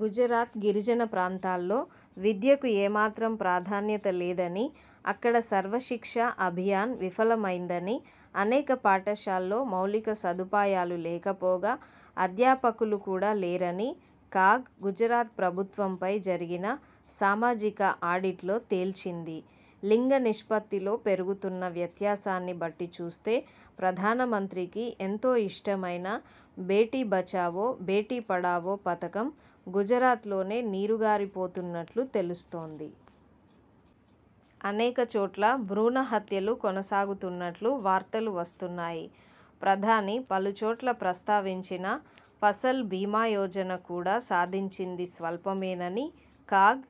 గుజరాత్ గిరిజన ప్రాంతాల్లో విద్యకు ఏ మాత్రం ప్రాధాన్యత లేదని, అక్కడ సర్వశిక్షాఅభియాన్ విఫలమైందని, అనేక పాఠశాల్లో మౌలిక సదుపాయాలు లేకపోగా అధ్యాపకులు కూడా లేరని కాగ్ గుజరాత్ ప్రభుత్వంపై జరిగిన సామాజిక ఆడిట్లో తేల్చింది. లింగ నిష్పత్తిలో పెరుగుతున్న వ్యత్యాసాన్ని బట్టి చూస్తే ప్రధానమంత్రికి ఎంతో ఇష్టమైన 'బేటీ బచావో– బేటీ పడావో' పథకం గుజరాత్లోనే నీరుగారిపోతున్నట్లు తెలుస్తోంది. అనేక చోట్ల భ్రూణ హత్యలు కొనసాగుతున్నట్లు వార్తలు వస్తున్నాయి. ప్రధాని పలుచోట్ల ప్రస్తావించిన ఫసల్ బీమాయోజన కూడా సాధించింది స్వల్పమేనని కాగ్,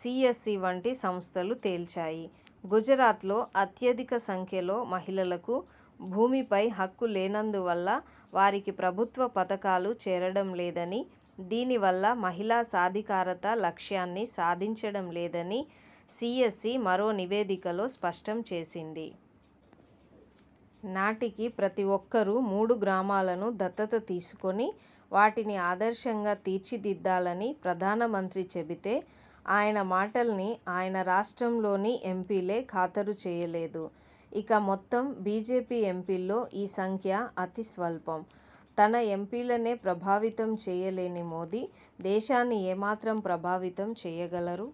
సీఎస్ఈ వంటి సంస్థలు తేల్చాయి. గుజరాత్లో అత్యధిక సంఖ్యలో మహిళలకు భూమిపై హక్కు లేనందువల్ల వారికి ప్రభుత్వ పథకాలు చేరడంలేదని, దీనివల్ల మహిళా సాధికారత లక్ష్యాన్ని సాధించడంలేదని సీఎస్ఈ మరో నివేదికలో స్పష్టం చేసింది. నాటికీ ప్రతి ఒక్కరూ మూడు గ్రామాలను దత్తత తీసుకొని వాటిని ఆదర్శంగా తీర్చిదిద్దాలని ప్రధానమంత్రి చెబితే ఆయన మాటల్ని ఆయన రాష్ట్రం లోని ఎంపీలే ఖాతరు చేయలేదు. ఇక మొత్తం బీజేపీ ఎంపీల్లో ఈ సంఖ్య అతి స్వల్పం. తన ఎంపీలనే ప్రభావితం చేయలేని మోదీ దేశాన్ని ఏమాత్రం ప్రభావితంచేయగలరు?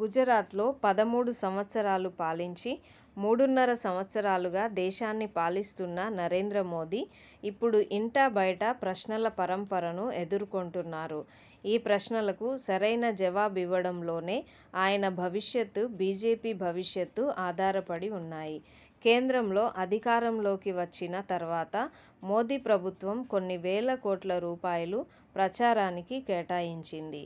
గుజరాత్లో పదమూడు సంవత్సరాలు పాలించి, మూడున్నర సంవత్సరాలుగా దేశాన్ని పాలిస్తున్న నరేంద్రమోదీ ఇప్పుడు ఇంటా బయటా ప్రశ్నల పరంపరను ఎదుర్కొంటున్నారు. ఈ ప్రశ్నలకు సరైన జవాబివ్వడంలోనే ఆయన భవిష్యత్, బీజేపీ భవిష్యత్ ఆధారపడి ఉన్నాయి. కేంద్రంలో అధికారంలోకి వచ్చిన తర్వాత మోదీ ప్రభుత్వం కొన్ని వేల కోట్ల రూపాయలు ప్రచారానికి కేటాయించింది.